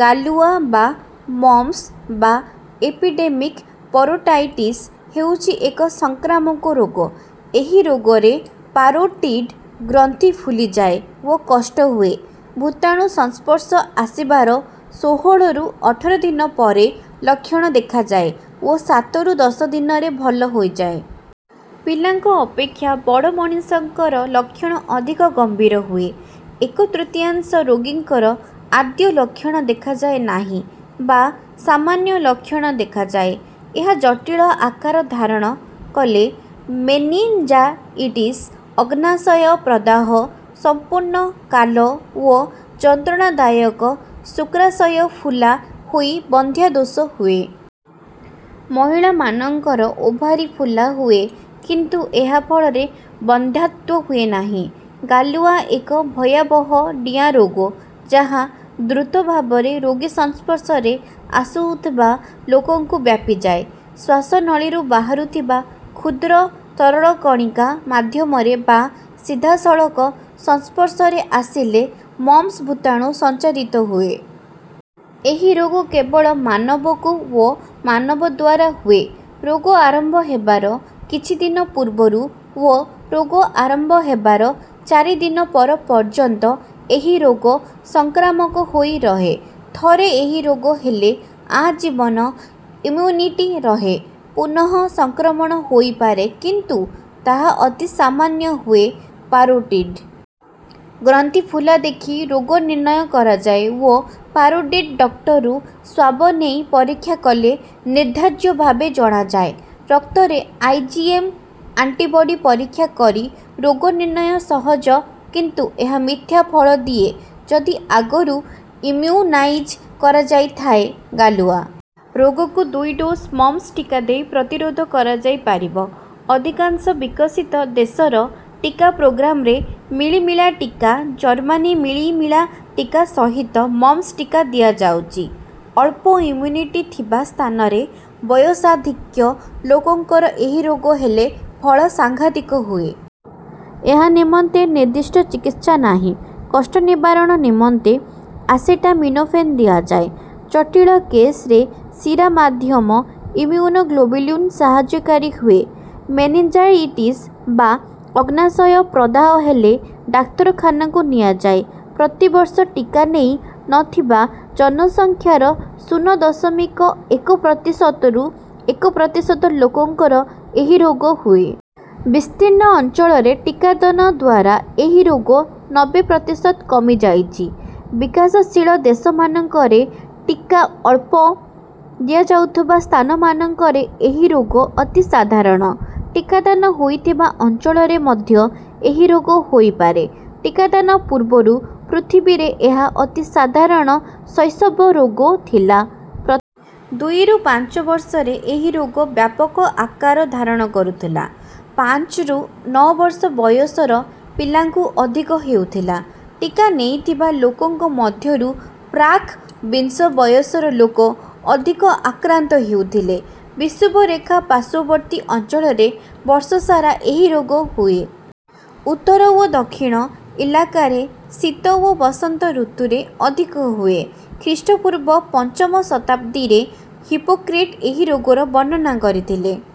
ଗାଲୁଆ ବା ମମ୍ପ୍ସ ବା ଏପିଡେମିକ ପରୋଟାଇଟିସ ହେଉଛି ଏକ ସଂକ୍ରାମକ ରୋଗ। ଏହି ରୋଗରେ ପାରୋଟିଡ ଗ୍ରନ୍ଥି ଫୁଲିଯାଏ ଓ କଷ୍ଟ ହୁଏ। ଭୂତାଣୁ ସଂସ୍ପର୍ଶ ଆସିବାର ଷୋହଳରୁ ଅଠର ଦିନ ପରେ ଲକ୍ଷଣ ଦେଖାଯାଏ ଓ ସାତରୁ ଦଶ ଦିନରେ ଭଲ ହୋଇଯାଏ। ପିଲାଙ୍କ ଅପେକ୍ଷା ବଡ଼ ମଣିଷଙ୍କର ଲକ୍ଷଣ ଅଧିକ ଗମ୍ଭୀର ହୁଏ। ଏକ ତୃତୀୟାଂଶ ରୋଗୀଙ୍କର ଆଦୌ ଲକ୍ଷଣ ଦେଖାଯାଏ ନାହିଁ ବା ସାମାନ୍ୟ ଲକ୍ଷଣ ଦେଖାଯାଏ। ଏହା ଜଟିଳ ଆକାର ଧାରଣ କଲେ ମେନିଞ୍ଜାଇଟିସ, ଅଗ୍ନାଶୟ ପ୍ରଦାହ, ସମ୍ପୂର୍ଣ୍ଣ କାଲ ଓ ଯନ୍ତ୍ରଣାଦାୟକ ଶୁକ୍ରାଶୟ ଫୁଲା ହୋଇ ବନ୍ଧ୍ୟାଦୋଷ ହୁଏ। ମହିଳାମାନଙ୍କର ଓଭାରି ଫୁଲା ହୁଏ କିନ୍ତୁ ଏହା ଫଳରେ ବନ୍ଧ୍ୟାତ୍ୱ ହୁଏ ନାହିଁ। ଗାଲୁଆ ଏକ ଭୟାବହ ଡିଆଁ ରୋଗ ଯାହା ଦୃତ ଭାବରେ ରୋଗୀ ସଂସ୍ପର୍ଶରେ ଆସୁଥିବା ଲୋକଙ୍କୁ ବ୍ୟାପିଯାଏ। ଶ୍ୱାସନଳୀରୁ ବାହାରୁଥିବା କ୍ଷୁଦ୍ର ତରଳକଣିକା ମାଧ୍ୟମରେ ବା ସିଧାସଳଖ ସଂସ୍ପର୍ଶରେ ଆସିଲେ ମମ୍ପ୍ସ ଭୂତାଣୁ ସଞ୍ଚାରିତ ହୁଏ। ଏହି ରୋଗ କେବଳ ମାନବକୁ ଓ ମାନବଦ୍ୱାରା ହୁଏ। ରୋଗ ଆରମ୍ଭ ହେବାର କିଛି ଦିନ ପୂର୍ବରୁ ଓ ରୋଗ ଆରମ୍ଭ ହେବାର ଚାରି ଦିନ ପର ପର୍ଯ୍ୟନ୍ତ ଏହି ରୋଗ ସଂକ୍ରାମକ ହୋଇ ରହେ। ଥରେ ଏହି ରୋଗ ହେଲେ ଆଜୀବନ ଇମ୍ମ୍ୟୁନିଟି ରହେ। ପୁନଃସଂକ୍ରମଣ ହୋଇପାରେ କିନ୍ତୁ ତାହା ଅତି ସାମାନ୍ୟ ହୁଏ। ପାରୋଟିଡ ଗ୍ରନ୍ଥି ଫୁଲା ଦେଖି ରୋଗ ନିର୍ଣ୍ଣୟ କରାଯାଏ ଓ ପାରୋଟିଡ ଡକ୍ଟରୁ ସ୍ୱାବ ନେଇ ପରୀକ୍ଷା କଲେ ନିର୍ଦ୍ଧାର୍ଯ୍ୟ ଭାବେ ଜଣାଯାଏ। ରକ୍ତରେ ଆଇଜିଏମ ଆଣ୍ଟିବଡି ପରୀକ୍ଷା କରି ରୋଗ ନିର୍ଣ୍ଣୟ ସହଜ କିନ୍ତୁ ଏହା ମିଥ୍ୟା ଫଳ ଦିଏ ଯଦି ଆଗରୁ ଇମ୍ମ୍ୟୁନାଇଜ କରାଯାଇଥାଏ। ଗାଲୁଆ ରୋଗକୁ ଦୁଇ ଡୋଜ ମମ୍ପ୍ସ ଟିକା ଦେଇ ପ୍ରତିରୋଧ କରାଯାଇପାରିବ। ଅଧିକାଂଶ ବିକଶିତ ଦେଶର ଟିକା ପ୍ରୋଗ୍ରାମରେ ମିଳିମିଳା ଟିକା, ଜର୍ମାନୀ ମିଳିମିଳା ଟିକା ସହିତ ମମ୍ପ୍ସ ଟିକା ଦିଆଯାଉଛି। ଅଳ୍ପ ଇମ୍ମ୍ୟୁନିଟି ଥିବା ସ୍ଥାନରେ ବୟସାଧିକ୍ୟ ଲୋକଙ୍କର ଏହି ରୋଗ ହେଲେ ଫଳ ସାଂଘାତିକ ହୁଏ। ଏହା ନିମନ୍ତେ ନିର୍ଦ୍ଦିଷ୍ଟ ଚିକିତ୍ସା ନାହିଁ। କଷ୍ଟ ନିବାରଣ ନିମନ୍ତେ ଆସେଟାମିନୋଫେନ ଦିଆଯାଏ। ଜଟିଳ କେଶରେ ଶୀରାମାଧ୍ୟମ ଇମ୍ମ୍ୟୁନୋଗ୍ଲୋବ୍ୟୁଲିନ ସାହାଯ୍ୟକାରୀ ହୁଏ। ମେନିଞ୍ଜାଇଟିସ ବା ଅଗ୍ନାଶୟ ପ୍ରଦାହ ହେଲେ ଡାକ୍ତରଖାନାକୁ ନିଆଯାଏ। ପ୍ରତିବର୍ଷ ଟିକା ନେଇ ନ ଥିବା ଜନସଂଖ୍ୟାର ଶୂନ ଦଶମିକ ଏକ ପ୍ରତିଶତରୁ ଏକ ପ୍ରତିଶତ ଲୋକଙ୍କର ଏହି ରୋଗ ହୁଏ। ବିସ୍ତୀର୍ଣ୍ଣ ଅଞ୍ଚଳରେ ଟିକାଦାନ ଦ୍ୱାରା ଏହି ରୋଗ ନବେ ପ୍ରତିଶତ କମିଯାଇଛି। ବିକାଶଶୀଳ ଦେଶମାନଙ୍କରେ ଟିକା ଅଳ୍ପ ଦିଆଯାଉଥିବା ସ୍ଥାନମାନଙ୍କରେ ଏହି ରୋଗ ଅତି ସାଧାରଣ। ଟିକାଦାନ ହୋଇଥିବା ଅଞ୍ଚଳରେ ମଧ୍ୟ ଏହି ରୋଗ ହୋଇପାରେ। ଟିକାଦାନ ପୂର୍ବରୁ ପୃଥିବୀରେ ଏହା ଅତି ସାଧାରଣ ଶୈଶବ ରୋଗ ଥିଲା। ପ୍ର ଦୁଇରୁ ପାଞ୍ଚ ବର୍ଷରେ ଏହି ରୋଗ ବ୍ୟାପକ ଆକାର ଧାରଣ କରୁଥିଲା। ପାଞ୍ଚରୁ ନଅ ବର୍ଷ ବୟସର ପିଲାଙ୍କୁ ଅଧିକ ହେଉଥିଲା। ଟିକା ନେଇଥିବା ଲୋକଙ୍କ ମଧ୍ୟରୁ ପ୍ରାକ୍ ବିଂଶ ବୟସର ଲୋକ ଅଧିକ ଆକ୍ରାନ୍ତ ହେଉଥିଲେ। ବିଷୁବରେଖା ପାର୍ଶ୍ୱବର୍ତ୍ତୀ ଅଞ୍ଚଳରେ ବର୍ଷ ସାରା ଏହି ରୋଗ ହୁଏ। ଉତ୍ତର ଓ ଦକ୍ଷିଣ ଇଲାକାରେ ଶୀତ ଓ ବସନ୍ତ ଋତୁରେ ଅଧିକ ହୁଏ। ଖ୍ରୀଷ୍ଟପୂର୍ବ ପଞ୍ଚମ ଶତାବ୍ଦୀରେ ହିପୋକ୍ରେଟ ଏହି ରୋଗର ବର୍ଣ୍ଣନା କରିଥିଲେ।